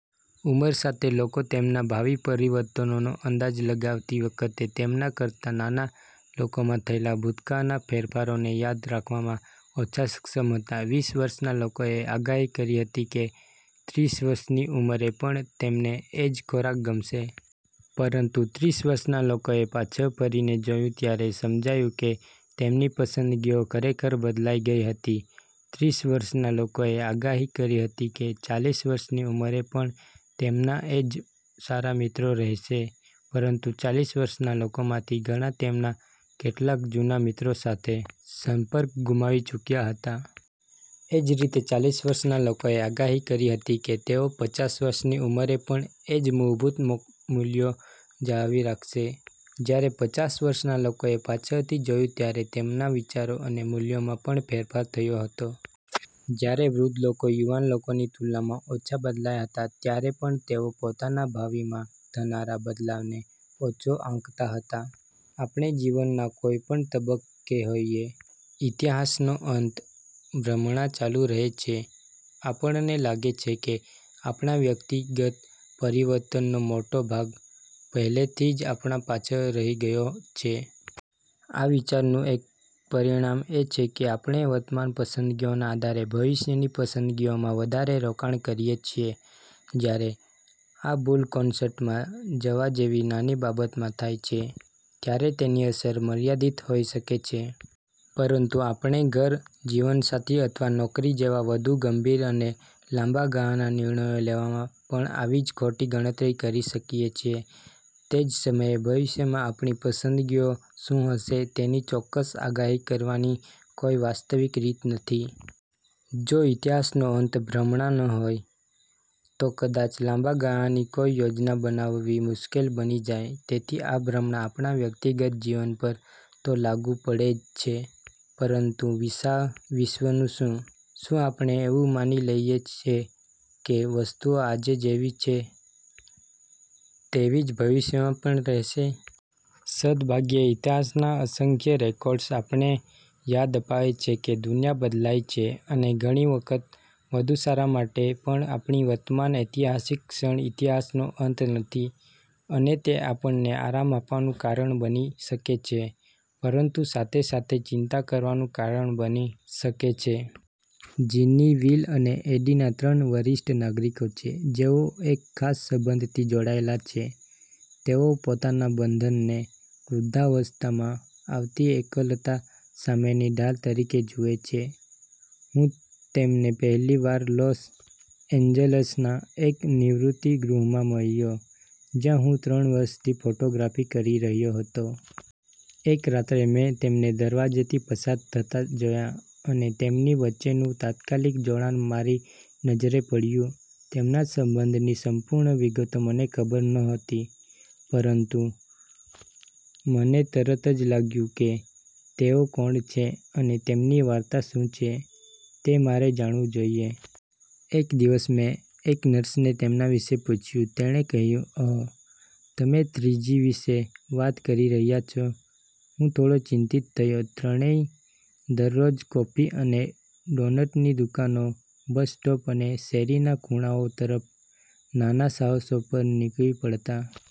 ઉંમર સાથે, લોકો તેમના ભાવિ પરિવર્તનનો અંદાજ લગાવતી વખતે તેમના કરતાં નાના લોકોમાં થયેલા ભૂતકાળના ફેરફારોને યાદ રાખવામાં ઓછા સક્ષમ હતા. વીસ વર્ષના લોકોએ આગાહી કરી હતી કે ત્રીસ વર્ષની ઉંમરે પણ તેમને એ જ ખોરાક ગમશે. પરંતુ ત્રીસ વર્ષના લોકોએ પાછળ ફરીને જોયું ત્યારે સમજાયું કે તેમની પસંદગીઓ ખરેખર બદલાઈ ગઈ હતી. ત્રીસ વર્ષના લોકોએ આગાહી કરી હતી કે ચાલીસ વર્ષની ઉંમરે પણ તેમના એ જ સારા મિત્રો રહેશે, પરંતુ ચાલીસ વર્ષના લોકોમાંથી ઘણા તેમના કેટલાક જૂના મિત્રો સાથે સંપર્ક ગુમાવી ચૂક્યા હતા. એ જ રીતે, ચાલીસ વર્ષના લોકોએ આગાહી કરી હતી કે તેઓ પચાસ વર્ષની ઉંમરે પણ એ જ મૂળભૂત મૂલ્યો જાળવી રાખશે, જ્યારે પચાસ વર્ષના લોકોએ પાછળથી જોયું ત્યારે તેમના વિચારો અને મૂલ્યોમાં પણ ફેરફાર થયો હતો. જ્યારે વૃદ્ધ લોકો યુવાન લોકોની તુલનામાં ઓછા બદલાયા હતા, ત્યારે પણ તેઓ પોતાના ભાવિમાં થનારા બદલાવને ઓછો આંકતા હતા. આપણે જીવનના કોઈપણ તબક્કે હોઈએ, “ઇતિહાસનો અંત” ભ્રમણા ચાલુ રહે છે: આપણને લાગે છે કે આપણા વ્યક્તિગત પરિવર્તનનો મોટો ભાગ પહેલેથી જ આપણા પાછળ રહી ગયો છે. આ વિચારનું એક પરિણામ એ છે કે આપણે વર્તમાન પસંદગીઓના આધારે ભવિષ્યની પસંદગીઓમાં વધારે રોકાણ કરીએ છીએ. જ્યારે આ ભૂલ કોન્સર્ટમાં જવા જેવી નાની બાબતમાં થાય છે, ત્યારે તેની અસર મર્યાદિત હોઈ શકે છે. પરંતુ આપણે ઘર, જીવનસાથી અથવા નોકરી જેવા વધુ ગંભીર અને લાંબા ગાળાના નિર્ણયો લેવામાં પણ આવી જ ખોટી ગણતરી કરી શકીએ છીએ. તે જ સમયે, ભવિષ્યમાં આપણી પસંદગીઓ શું હશે તેની ચોક્કસ આગાહી કરવાની કોઈ વાસ્તવિક રીત નથી. જો “ઇતિહાસનો અંત” ભ્રમણા ન હોય, તો કદાચ લાંબા ગાળાની કોઈ યોજના બનાવવી મુશ્કેલ બની જાય. તેથી આ ભ્રમણા આપણા વ્યક્તિગત જીવન પર તો લાગુ પડે જ છે, પરંતુ વિશાળ વિશ્વનું શું? શું આપણે એવું માની લઈએ છીએ કે વસ્તુઓ આજે જેવી છે, તેવી જ ભવિષ્યમાં પણ રહેશે? સદભાગ્યે, ઇતિહાસના અસંખ્ય રેકોર્ડ્સ આપણને યાદ અપાવે છે કે દુનિયા બદલાઈ છે, અને ઘણી વખત વધુ સારા માટે પણ આપણી વર્તમાન ઐતિહાસિક ક્ષણ ઇતિહાસનો અંત નથી. અને તે આપણને આરામ આપવાનું કારણ બની શકે છે, પરંતુ સાથે સાથે ચિંતા કરવાનું કારણ પણ બની શકે છે. જીની, વિલ અને એડિના ત્રણ વરિષ્ઠ નાગરિકો છે, જેઓ એક ખાસ સંબંધથી જોડાયેલા છે. તેઓ પોતાના બંધનને વૃદ્ધાવસ્થામાં આવતી એકલતા સામેની ઢાલ તરીકે જુએ છે. હું તેમને પહેલી વાર લોસ એન્જલસના એક નિવૃત્તિ ગૃહમાં મળ્યો, જ્યાં હું ત્રણ વર્ષથી ફોટોગ્રાફી કરી રહ્યો હતો. એક રાત્રે મેં તેમને દરવાજેથી પસાર થતા જોયા અને તેમની વચ્ચેનું તાત્કાલિક જોડાણ મારી નજરે પડ્યું. તેમના સંબંધની સંપૂર્ણ વિગતો મને ખબર નહોતી, પરંતુ મને તરત જ લાગ્યું કે તેઓ કોણ છે અને તેમની વાર્તા શું છે તે મારે જાણવું જોઈએ. એક દિવસ મેં એક નર્સને તેમના વિશે પૂછ્યું. તેણે કહ્યું, “ઓહ, તમે થ્રીજી વિશે વાત કરી રહ્યા છો.” હું થોડો ચિંતિત થયો. ત્રણેય દરરોજ કોફી અને ડોનટની દુકાનો, બસ સ્ટોપ અને શેરીના ખૂણાઓ તરફ નાના સાહસો પર નીકળી પડતા.